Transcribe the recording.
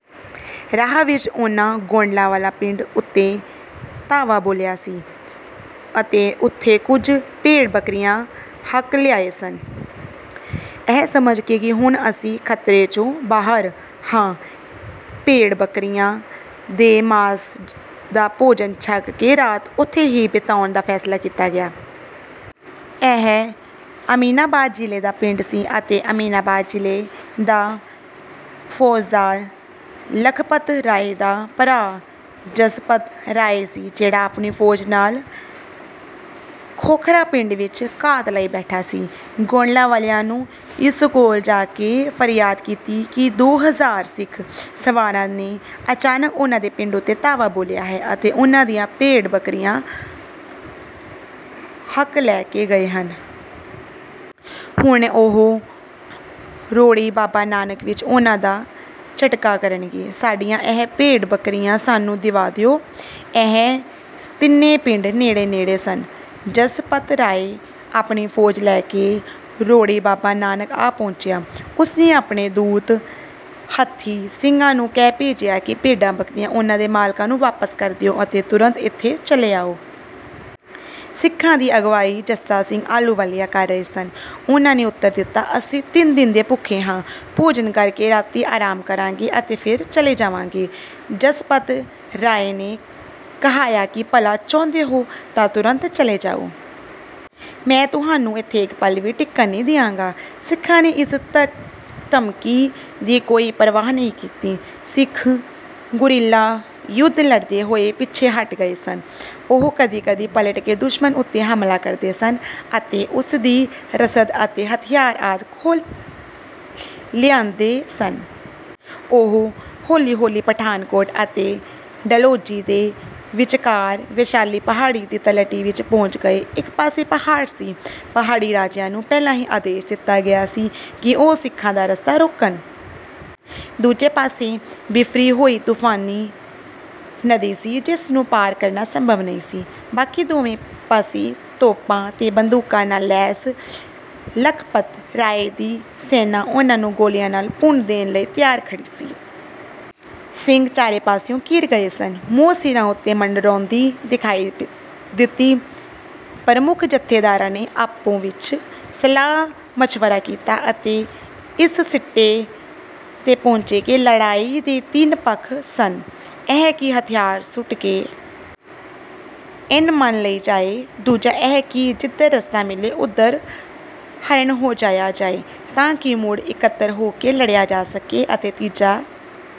ਰਾਹ ਵਿੱਚ ਉਹਨਾਂ ਗੋਂਡਲਾ ਵਾਲਾ ਪਿੰਡ ਉੱਤੇ ਧਾਵਾ ਬੋਲਿਆ ਸੀ ਅਤੇ ਉੱਥੋਂ ਕੁਝ ਭੇਡ-ਬੱਕਰੀਆਂ ਹੱਕ ਲਿਆਏ ਸਨ। ਇਹ ਸਮਝ ਕੇ ਕਿ ਹੁਣ ਅਸੀਂ ਖ਼ਤਰੇ 'ਚੋਂ ਬਾਹਰ ਹਾਂ ਭੇਡ-ਬੱਕਰੀਆਂ ਦੇ ਮਾਸ ਦਾ ਭੋਜਨ ਛਕ ਕੇ ਰਾਤ ਉੱਥੇ ਹੀ ਬਿਤਾਉਣ ਦਾ ਫੈਸਲਾ ਕੀਤਾ ਗਿਆ। ਇਹ ਅਮੀਨਾਬਾਦ ਜ਼ਿਲੇ ਦਾ ਪਿੰਡ ਸੀ ਅਤੇ ਅਮੀਨਾਬਾਦ ਜ਼ਿਲੇ ਦਾ ਫੌਜਦਾਰ ਲਖਪਤ ਰਾਏ ਦਾ ਭਰਾ ਜਸਪਤ ਰਾਏ ਸੀ ਜਿਹੜਾ ਆਪਣੀ ਫੌਜ ਨਾਲ ਖੋਖਰਾਂ ਪਿੰਡ ਵਿੱਚ ਘਾਤ ਲਾਈ ਬੈਠਾ ਸੀ। ਗੋਂਡਲਾ ਵਾਲਿਆਂ ਨੇ ਉਸ ਕੋਲ ਜਾ ਕੇ ਫਰਿਆਦ ਕੀਤੀ ਕਿ ਦੋ ਹਜ਼ਾਰ ਸਿੱਖ ਸਵਾਰਾਂ ਨੇ ਅਚਾਨਕ ਉਹਨਾਂ ਦੇ ਪਿੰਡ ਉੱਤੇ ਧਾਵਾ ਬੋਲਿਆ ਅਤੇ ਉਹਨਾਂ ਦੀਆਂ ਭੇਡ-ਬੱਕਰੀਆਂ ਹੱਕ ਲੈ ਕੇ ਗਏ ਹਨ। ਹੁਣ ਉਹ ਰੋੜੀ ਬਾਬਾ ਨਾਨਕ ਵਿੱਚ ਉਹਨਾਂ ਦਾ ਝਟਕਾ ਕਰਨਗੇ। "ਸਾਡੀਆਂ ਇਹ ਭੇਡਾਂ-ਬੱਕਰੀਆਂ ਸਾਨੂੰ ਦਿਵਾ ਦਿਓ।" ਇਹ ਤਿੰਨੇ ਪਿੰਡ ਨੇੜੇ-ਨੇੜੇ ਸਨ। ਜਸਪਤ ਰਾਏ ਆਪਣੀ ਫੌਜ ਲੈ ਕੇ ਰੋੜੀ ਬਾਬਾ ਨਾਨਕ ਆ ਪਹੁੰਚਿਆ। ਉਸਨੇ ਆਪਣੇ ਦੂਤ ਹੱਥੀਂ ਸਿੱਖਾਂ ਨੂੰ ਕਹਿ ਭੇਜਿਆ ਕਿ ਭੇਡਾਂ-ਬੱਕਰੀਆਂ ਉਹਨਾਂ ਦੇ ਮਾਲਕਾਂ ਨੂੰ ਵਾਪਸ ਕਰ ਦਿਓ ਅਤੇ ਤੁਰੰਤ ਇੱਥੇ ਚਲੇ ਆਓ। ਸਿੱਖਾਂ ਦੀ ਅਗਵਾਈ ਜੱਸਾ ਸਿੰਘ ਆਹਲੂਵਾਲੀਆ ਕਰ ਰਹੇ ਸਨ। ਉਹਨਾਂ ਨੇ ਉੱਤਰ ਦਿੱਤਾ, "ਅਸੀਂ ਤਿੰਨ ਦਿਨ ਦੇ ਭੁੱਖੇ ਹਾਂ, ਭੋਜਨ ਕਰਕੇ ਰਾਤੀਂ ਆਰਾਮ ਕਰਾਂਗੇ ਅਤੇ ਫੇਰ ਚਲੇ ਜਾਵਾਂਗੇ।" ਜਸਪਤ ਰਾਏ ਨੇ ਕਹਾਇਆ ਕਿ ਭਲਾ ਚਾਹੁੰਦੇ ਹੋ ਤਾਂ ਤੁਰੰਤ ਚਲੇ ਜਾਓ। "ਮੈਂ ਤੁਹਾਨੂੰ ਇੱਥੇ ਇਕ ਪਲ ਵੀ ਟਿਕਣ ਨਹੀਂ ਦਿਆਂਗਾ।" ਸਿੱਖਾਂ ਨੇ ਇਸ ਧਮਕੀ ਦੀ ਕੋਈ ਪ੍ਰਵਾਹ ਨਹੀਂ ਕੀਤੀ। ਸਿੱਖ ਗੁਰੀਲਾ ਯੁੱਧ ਲੜਦੇ ਹੋਏ ਪਿੱਛੇ ਹਟ ਰਹੇ ਸਨ। ਉਹ ਕਦੀ-ਕਦੀ ਪਲਟ ਕੇ ਦੁਸ਼ਮਣ ਉੱਤੇ ਹਮਲਾ ਕਰਦੇ ਸਨ ਅਤੇ ਉਸਦੀ ਰਸਦ ਅਤੇ ਹਥਿਆਰ ਆਦਿ ਖੋਹ ਲਿਜਾਂਦੇ ਸਨ। ਉਹ ਹੌਲੀ-ਹੌਲੀ ਪਠਾਨਕੋਟ ਅਤੇ ਡਲਹੌਜੀ ਦੇ ਵਿਚਕਾਰ ਵੈਸ਼ਾਲੀ ਪਹਾੜੀ ਦੀ ਤਲਹਟੀ ਵਿੱਚ ਪਹੁੰਚ ਗਏ। ਇੱਕ ਪਾਸੇ ਪਹਾੜ ਸੀ। ਪਹਾੜੀ ਰਾਜਿਆਂ ਨੂੰ ਪਹਿਲਾਂ ਹੀ ਆਦੇਸ਼ ਦੇ ਦਿੱਤਾ ਗਿਆ ਸੀ ਕਿ ਉਹ ਸਿੱਖਾਂ ਦਾ ਰਸਤਾ ਰੋਕਣ। ਦੂਜੇ ਪਾਸੇ ਬਿਫਰੀ ਹੋਈ ਤੂਫ਼ਾਨੀ ਨਦੀ ਸੀ ਜਿਸ ਨੂੰ ਪਾਰ ਕਰਨਾ ਸੰਭਵ ਨਹੀਂ ਸੀ। ਬਾਕੀ ਦੋਵੇਂ ਪਾਸੀਂ ਤੋਪਾਂ ਅਤੇ ਬੰਦੂਕਾਂ ਨਾਲ ਲੈਸ ਲਖਪਤ ਰਾਏ ਦੀ ਸੈਨਾਂ ਉਹਨਾਂ ਨੂੰ ਗੋਲੀਆਂ ਨਾਲ ਭੁੰਨ ਦੇਣ ਲਈ ਤਿਆਰ ਖੜ੍ਹੀ ਸੀ। ਸਿੰਘ ਚਾਰੇ ਪਾਸਿਓਂ ਘਿਰ ਗਏ ਸਨ। ਮੌਤ ਸਿਰਾਂ ਉੱਤੇ ਮੰਡਲਾਉਂਦੀ ਦਿਖਾਈ ਦਿੱਤੀ। ਪ੍ਰਮੁੱਖ ਜੱਥੇਦਾਰਾਂ ਨੇ ਆਪੋ-ਵਿੱਚ ਸਲਾਹ-ਮਸ਼ਵਰਾ ਕੀਤਾ ਅਤੇ ਇਸ ਸਿੱਟੇ ਉੱਤੇ ਪਹੁੰਚੇ ਕਿ ਲੜਾਈ ਦੇ ਤਿੰਨ ਪੱਖ ਸਨ। ਇਹ ਕਿ ਹਥਿਆਰ ਸੁੱਟ ਕੇ ਈਨ ਮੰਨ ਲਈ ਜਾਏ, ਦੂਜਾ ਇਹ ਕਿ ਜਿੱਧਰ ਰਸਤਾ ਮਿਲੇ ਉਧਰ ਹਰਨ ਹੋ ਜਾਇਆ ਜਾਏ ਤਾਂ ਕਿ ਮੁੜ ਇਕੱਤਰ ਹੋ ਕੇ ਲੜਿਆ ਜਾ ਸਕੇ ਅਤੇ ਤੀਜਾ